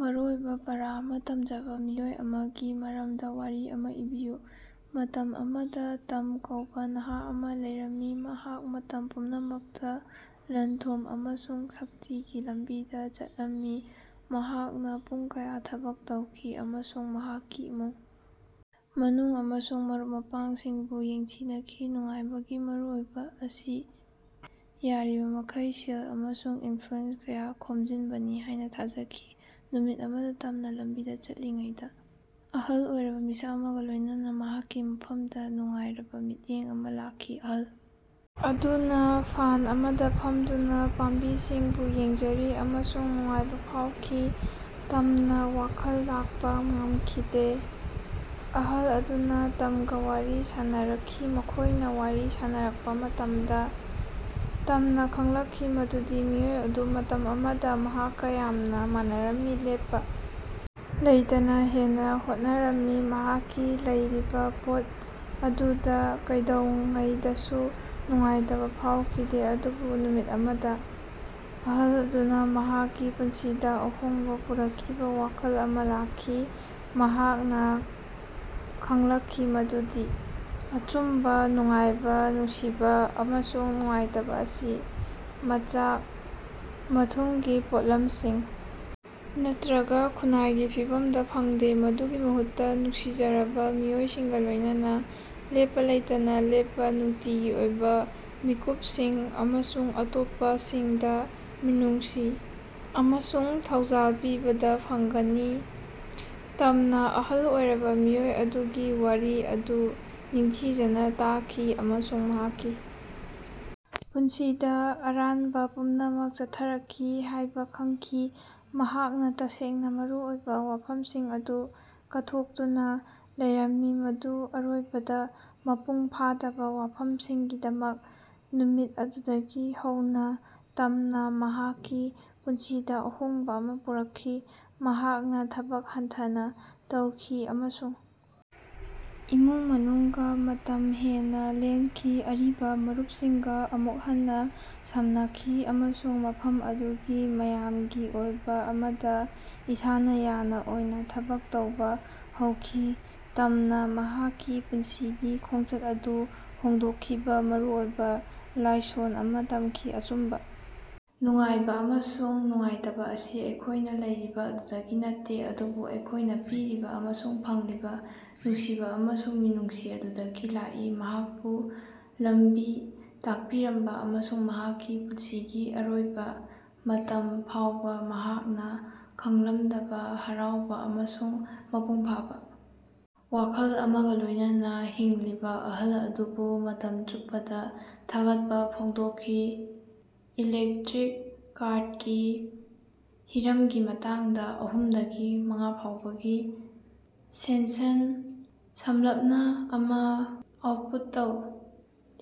ꯃꯔꯨꯑꯣꯏꯕꯥ ꯄꯥꯔꯥ ꯑꯃꯥ ꯇꯝꯖꯕꯥ ꯃꯤꯑꯣꯏ ꯑꯃꯒꯤ ꯃꯔꯝꯗꯥ ꯋꯥꯔꯤ ꯑꯃ ꯏꯕꯤꯌꯨ꯫ ꯃꯇꯝ ꯑꯃꯗ ꯇꯝ ꯀꯧꯕꯥ ꯅꯍꯥ ꯑꯃ ꯂꯩꯔꯝꯃꯤ ꯃꯍꯥꯛ ꯃꯇꯝ ꯄꯨꯝꯅꯃꯛꯇꯥ ꯂꯟ-ꯊꯨꯝ ꯑꯃꯁꯨꯡ ꯁꯛꯇꯤꯒꯤ ꯂꯝꯕꯤꯗꯥ ꯆꯠꯂꯝꯃꯤ꯫ ꯃꯍꯥꯛꯅꯥ ꯄꯨꯡ ꯀꯌꯥ ꯊꯕꯛ ꯇꯧꯈꯤ ꯑꯃꯁꯨꯡ ꯃꯍꯥꯛꯀꯤ ꯏꯃꯨꯡ ꯃꯅꯨꯡ ꯑꯃꯁꯨꯡ ꯃꯔꯨꯞ ꯃꯄꯥꯡꯁꯤꯡꯕꯨ ꯌꯦꯡꯊꯤꯅꯈꯤ ꯅꯨꯡꯉꯥꯏꯕꯒꯤ ꯃꯔꯨꯑꯣꯏꯕꯥ ꯑꯁꯤ ꯌꯥꯔꯤꯕꯃꯈꯩ ꯁꯦꯜ ꯑꯃꯁꯨꯡ ꯏꯟꯐ꯭ꯂꯨꯌꯦꯟꯁ ꯀꯌꯥ ꯈꯣꯝꯖꯤꯟꯕꯅꯤ ꯍꯥꯢꯅ ꯊꯥꯖꯈꯤ꯫ ꯅꯨꯃꯤꯠ ꯑꯃꯗ ꯇꯝꯅ ꯂꯝꯕꯤꯗ ꯆꯠꯂꯤꯉꯩꯗꯥ ꯑꯍꯜ ꯑꯣꯏꯔꯕ ꯃꯤꯁꯛ ꯑꯃꯒ ꯂꯣꯢꯅꯅꯥ ꯃꯍꯥꯛꯀꯤ ꯃꯐꯝꯗ ꯅꯨꯡꯉꯥꯏꯔꯕꯥ ꯃꯤꯠꯌꯦꯡ ꯑꯃ ꯂꯥꯛꯈꯤ꯫ ꯑꯍꯜ ꯑꯗꯨꯅ ꯐꯥꯟ ꯑꯃꯗ ꯐꯝꯗꯨꯅ ꯄꯥꯝꯕꯤꯁꯤꯡꯕꯨ ꯌꯦꯡꯖꯔꯤ ꯑꯃꯁꯨꯡ ꯅꯨꯡꯉꯥꯏꯕ ꯐꯥꯎꯈꯤ꯫ ꯇꯝꯅꯥ ꯋꯥꯈꯜ ꯂꯥꯛꯄ ꯉꯝꯈꯤꯗꯦ꯫ ꯑꯍꯜ ꯑꯗꯨꯅ ꯇꯝꯒꯥ ꯋꯥꯔꯤ ꯁꯥꯅꯔꯛꯈꯤ ꯃꯈꯣꯢꯅ ꯋꯥꯔꯤ ꯁꯥꯅꯔꯛꯄ ꯃꯇꯝꯗ ꯇꯝꯅꯥ ꯈꯡꯂꯛꯈꯤ ꯃꯗꯨꯗꯤ ꯃꯤꯑꯣꯏ ꯑꯗꯨ ꯃꯇꯝ ꯑꯃꯗ ꯃꯍꯥꯛꯀ ꯌꯥꯝꯅ ꯃꯥꯟꯅꯔꯝꯃꯤ ꯂꯦꯞꯄ ꯂꯩꯇꯅ ꯍꯦꯟꯅ ꯍꯣꯠꯅꯔꯝꯃꯤ ꯃꯍꯥꯛꯀꯤ ꯂꯩꯔꯤꯕꯥ ꯄꯣꯠ ꯑꯗꯨꯗ ꯀꯩꯗꯧꯉꯩꯗꯁꯨ ꯅꯨꯡꯉꯥꯏꯇꯕ ꯐꯥꯎꯈꯤꯗꯦ꯫ ꯑꯗꯨꯕꯨ ꯅꯨꯃꯤꯠ ꯑꯃꯗ ꯑꯍꯜ ꯑꯗꯨꯅ ꯃꯍꯥꯛꯀꯤ ꯄꯨꯟꯁꯤꯗ ꯑꯍꯣꯡꯕ ꯄꯨꯔꯛꯈꯤꯕ ꯋꯥꯈꯜ ꯑꯃ ꯂꯥꯛꯈꯤ꯫ ꯃꯍꯥꯛꯅ ꯈꯡꯂꯛꯈꯤ ꯃꯗꯨꯗꯤ ꯑꯆꯨꯝꯕ ꯅꯨꯡꯉꯥꯏꯕ ꯅꯨꯡꯁꯤꯕ ꯑꯃꯁꯨꯡ ꯅꯨꯡꯉꯥꯏꯇꯕ ꯑꯁꯤ ꯃꯆꯥꯛ-ꯃꯊꯨꯝꯒꯤ ꯄꯣꯠꯂꯝꯁꯤꯡ ꯅꯠꯇ꯭ꯔꯒ ꯈꯨꯟꯅꯥꯏꯒꯤ ꯐꯤꯚꯝꯗ ꯐꯪꯗꯦ ꯃꯗꯨꯒꯤ ꯃꯍꯨꯠꯇ ꯅꯨꯡꯁꯤꯖꯔꯕ ꯃꯤꯑꯣꯏꯁꯤꯡꯒ ꯂꯣꯢꯅꯅꯥ ꯂꯦꯞꯄꯥ ꯂꯩꯇꯅ ꯂꯦꯞꯄ ꯅꯨꯡꯇꯤꯒꯤ ꯑꯣꯏꯕ ꯃꯤꯀꯨꯞꯁꯤꯡ ꯑꯃꯁꯨꯡ ꯑꯇꯣꯞꯄꯁꯤꯡꯗ ꯃꯤꯅꯨꯡꯁꯤ ꯑꯃꯁꯨꯡ ꯊꯧꯖꯥꯜ ꯄꯤꯕꯗ ꯐꯪꯒꯅꯤ꯫ ꯇꯝꯅꯥ ꯑꯍꯜ ꯑꯣꯏꯔꯕ ꯃꯤꯑꯣꯏ ꯑꯗꯨꯒꯤ ꯋꯥꯔꯤ ꯑꯗꯨ ꯅꯤꯡꯊꯤꯖꯅ ꯇꯥꯈꯤ ꯑꯃꯁꯨꯡ ꯃꯍꯥꯛꯀꯤ ꯄꯨꯟꯁꯤꯗ ꯑꯔꯥꯟꯕ ꯄꯨꯝꯅꯃꯛ ꯆꯠꯊꯔꯛꯈꯤ ꯍꯥꯢꯕ ꯈꯡꯈꯤ꯫ ꯃꯍꯥꯛꯅ ꯇꯁꯦꯡꯅ ꯃꯔꯨ ꯑꯣꯏꯕ ꯋꯥꯐꯝꯁꯤꯡ ꯑꯗꯨ ꯀꯠꯊꯣꯛꯇꯨꯅ ꯂꯩꯔꯝꯃꯤ ꯃꯗꯨ ꯑꯔꯣꯏꯕꯗ ꯃꯄꯨꯡ ꯐꯥꯗꯕ ꯋꯥꯐꯝꯁꯤꯡꯒꯤꯗꯃꯛ꯫ ꯅꯨꯃꯤꯠ ꯑꯗꯨꯗꯒꯤ ꯍꯧꯅꯥ ꯇꯝꯅꯥ ꯃꯍꯥꯛꯀꯤ ꯄꯨꯟꯁꯤꯗ ꯑꯍꯣꯡꯕ ꯑꯃꯥ ꯄꯨꯔꯛꯈꯤ꯫ ꯃꯍꯥꯛꯅ ꯊꯕꯛ ꯍꯟꯊꯅ ꯇꯧꯈꯤ ꯑꯃꯁꯨꯡ ꯏꯃꯨꯡ ꯃꯅꯨꯡꯒ ꯃꯇꯝ ꯍꯦꯟꯅ ꯂꯦꯟꯈꯤ ꯑꯔꯤꯕ ꯃꯔꯨꯞꯁꯤꯡꯒ ꯑꯃꯨꯛ ꯍꯟꯅ ꯁꯝꯅꯈꯤ ꯑꯃꯁꯨꯡ ꯃꯐꯝ ꯑꯗꯨꯒꯤ ꯃꯥꯌꯥꯝꯒꯤ ꯑꯣꯏꯕ ꯑꯃꯗ ꯏꯁꯥꯅ ꯌꯥꯅ ꯑꯣꯏꯅ ꯊꯕꯛ ꯇꯧꯕꯥ ꯍꯧꯈꯤ꯫ ꯇꯝꯅꯥ ꯃꯍꯥꯛꯀꯤ ꯄꯨꯟꯁꯤꯒꯤ ꯈꯣꯡꯆꯠ ꯑꯗꯨ ꯍꯣꯡꯗꯣꯛꯈꯤꯕꯥ ꯃꯔꯨꯑꯣꯏꯕ ꯂꯥꯏꯁꯣꯟ ꯑꯃ ꯇꯝꯈꯤ ꯑꯆꯨꯝꯕ ꯅꯨꯡꯉꯥꯏꯕ ꯑꯃꯁꯨꯡ ꯅꯨꯡꯉꯥꯏꯇꯕ ꯑꯁꯤ ꯑꯩꯈꯣꯢꯅ ꯂꯩꯔꯤꯕꯥ ꯑꯗꯨꯗꯒꯤ ꯅꯠꯇꯦ ꯑꯗꯨꯕꯨ ꯑꯩꯈꯣꯢꯅ ꯄꯤꯔꯤꯕ ꯑꯃꯁꯨꯡ ꯐꯪꯂꯤꯕꯥ ꯅꯨꯡꯁꯤꯕ ꯑꯃꯁꯨꯡ ꯃꯤꯅꯨꯡꯁꯤ ꯑꯗꯨꯗꯒꯤ ꯂꯥꯛꯏ꯫ ꯃꯍꯥꯛꯄꯨ ꯂꯝꯕꯤ ꯇꯥꯛꯄꯤꯔꯝꯕ ꯑꯃꯁꯨꯡ ꯃꯍꯥꯛꯀꯤ ꯄꯨꯟꯁꯤꯒꯤ ꯑꯔꯣꯏꯕ ꯃꯇꯝ ꯐꯥꯎꯕ ꯃꯍꯥꯛꯅ ꯈꯪꯂꯝꯗꯕꯥ ꯍꯔꯥꯎꯕ ꯑꯃꯁꯨꯡ ꯃꯄꯨꯡ ꯐꯥꯕ ꯋꯥꯈꯜ ꯑꯃꯒ ꯂꯣꯢꯅꯅꯥ ꯍꯤꯡꯂꯤꯕ ꯑꯍꯜ ꯑꯗꯨꯕꯨ ꯃꯇꯝ ꯆꯨꯞꯄꯗ ꯊꯥꯒꯠꯄ ꯐꯣꯡꯗꯣꯛꯈꯤ꯫ ꯏꯂꯦꯛꯇ꯭ꯔꯤꯛ ꯀꯥꯔꯗꯀꯤ ꯍꯤꯔꯝꯒꯤ ꯃꯇꯥꯡꯗ ꯑꯍꯨꯝꯗꯒꯤ ꯃꯉꯥ ꯐꯥꯎꯕꯒꯤ ꯁꯦꯟꯁꯟ ꯁꯝꯂꯞꯅ ꯑꯃ ꯑꯥꯎꯇꯄꯨꯠ ꯇꯧ꯫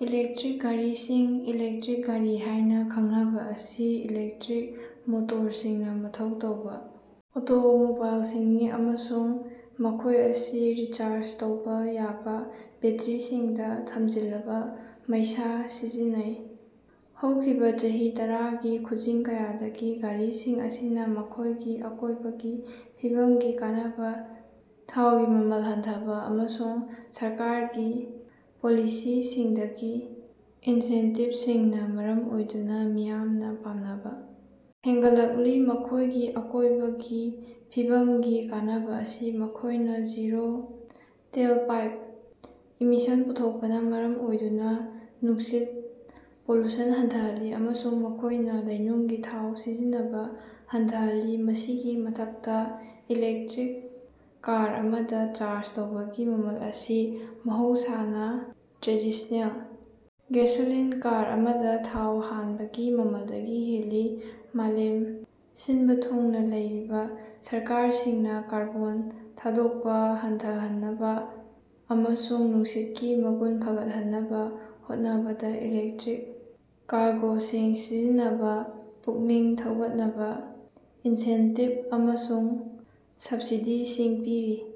ꯏꯂꯦꯛꯇ꯭ꯔꯤꯛ ꯒꯥꯔꯤꯁꯤꯡ ꯏꯂꯦꯛꯇ꯭ꯔꯤꯛ ꯒꯥꯔꯤ ꯍꯥꯢꯅ ꯈꯪꯅꯕ ꯑꯁꯤ ꯏꯂꯦꯛꯇꯔꯤꯛ ꯃꯣꯇꯣꯔꯁꯤꯡꯅ ꯃꯊꯧ ꯇꯧꯕ ꯑꯣꯇꯣꯃꯣꯕꯥꯏꯂꯁꯤꯡꯅꯤ ꯑꯃꯁꯨꯡ ꯃꯈꯣꯢ ꯑꯁꯤ ꯔꯤꯆꯥꯔꯖ ꯇꯧꯕꯥ ꯌꯥꯕ ꯕꯦꯇ꯭ꯔꯤꯁꯤꯡꯗ ꯊꯝꯖꯤꯜꯂꯕ ꯃꯩꯁꯥ ꯁꯤꯖꯤꯟꯅꯩ꯫ ꯍꯧꯈꯤꯕꯥ ꯆꯍꯤ ꯇꯔꯥꯒꯤ ꯈꯨꯖꯤꯡ ꯀꯌꯥꯗꯒꯤ ꯒꯥꯔꯤꯁꯤꯡ ꯑꯁꯤꯅꯥ ꯃꯈꯣꯢꯒꯤ ꯑꯀꯣꯢꯕꯒꯤ ꯐꯤꯕꯝꯒꯤ ꯀꯥꯟꯅꯕ ꯊꯥꯎꯒꯤ ꯃꯃꯜ ꯍꯟꯊꯕ ꯑꯃꯁꯨꯡ ꯁꯔꯀꯥꯔꯒꯤ ꯄꯣꯂꯤꯁꯤꯁꯤꯡꯗꯒꯤ ꯏꯟꯁꯦꯟꯇꯤꯕꯁꯤꯡꯅ ꯃꯔꯝ ꯑꯣꯏꯗꯨꯅ ꯃꯤꯌꯥꯝꯅ ꯄꯥꯝꯅꯕ ꯍꯦꯟꯒꯠꯂꯛꯂꯤ꯫ ꯃꯈꯣꯢꯒꯤ ꯑꯀꯣꯢꯕꯒꯤ ꯐꯤꯕꯝꯒꯤ ꯀꯥꯟꯅꯕ ꯑꯁꯤ ꯃꯈꯣꯢꯅ ꯖꯤꯔꯣ ꯇꯦꯂꯄꯥꯏꯞ ꯏꯃꯤꯁꯟ ꯄꯨꯊꯣꯛꯄꯅ ꯃꯔꯝ ꯑꯣꯏꯗꯨꯅ ꯅꯨꯡꯁꯤꯠ ꯄꯣꯂꯨꯁꯟ ꯍꯟꯊꯍꯜꯂꯤ ꯑꯃꯁꯨꯡ ꯃꯈꯣꯢꯅ ꯂꯩꯅꯨꯡꯒꯤ ꯊꯥꯎ ꯁꯤꯖꯤꯟꯅꯕ ꯍꯟꯊꯍꯜꯂꯤ꯫ ꯃꯁꯤꯒꯤ ꯃꯊꯛꯇꯥ ꯏꯂꯦꯛꯇ꯭ꯔꯤꯛ ꯀꯥꯔ ꯑꯃꯗꯥ ꯆꯥꯔꯖ ꯇꯧꯕꯒꯤ ꯃꯃꯜ ꯑꯁꯤ ꯃꯍꯧꯁꯥꯅꯥ ꯇ꯭ꯔꯦꯗꯤꯁꯅꯦꯜ ꯒꯦꯁꯣꯂꯤꯟ ꯀꯥꯔ ꯑꯃꯗ ꯊꯥꯎ ꯍꯥꯟꯕꯒꯤ ꯃꯃꯜꯗꯒꯤ ꯍꯦꯜꯂꯤ꯫ ꯃꯥꯂꯦꯝ ꯁꯤꯟꯕ ꯊꯨꯡꯅ ꯂꯩꯔꯤꯕ ꯁꯔꯀꯥꯔꯁꯤꯡꯅ ꯀꯥꯔꯕꯣꯟ ꯊꯥꯗꯣꯛꯄꯥ ꯍꯟꯊꯍꯟꯅꯕ ꯑꯃꯁꯨꯡ ꯅꯨꯡꯁꯤꯠꯀꯤ ꯃꯒꯨꯟ ꯐꯒꯠꯍꯟꯅꯕ ꯍꯣꯠꯅꯕꯗ ꯏꯂꯦꯛꯇ꯭ꯔꯤꯛ ꯀꯥꯔꯒꯣꯁꯤꯡ ꯁꯤꯖꯤꯟꯅꯅꯕꯥ ꯄꯨꯛꯅꯤꯡ ꯊꯧꯒꯠꯅꯕꯥ ꯏꯟꯁꯦꯟꯇꯤꯕ ꯑꯃꯁꯨꯡ ꯁꯕꯁꯤꯗꯤꯁꯤꯡ ꯄꯤꯔꯤ꯫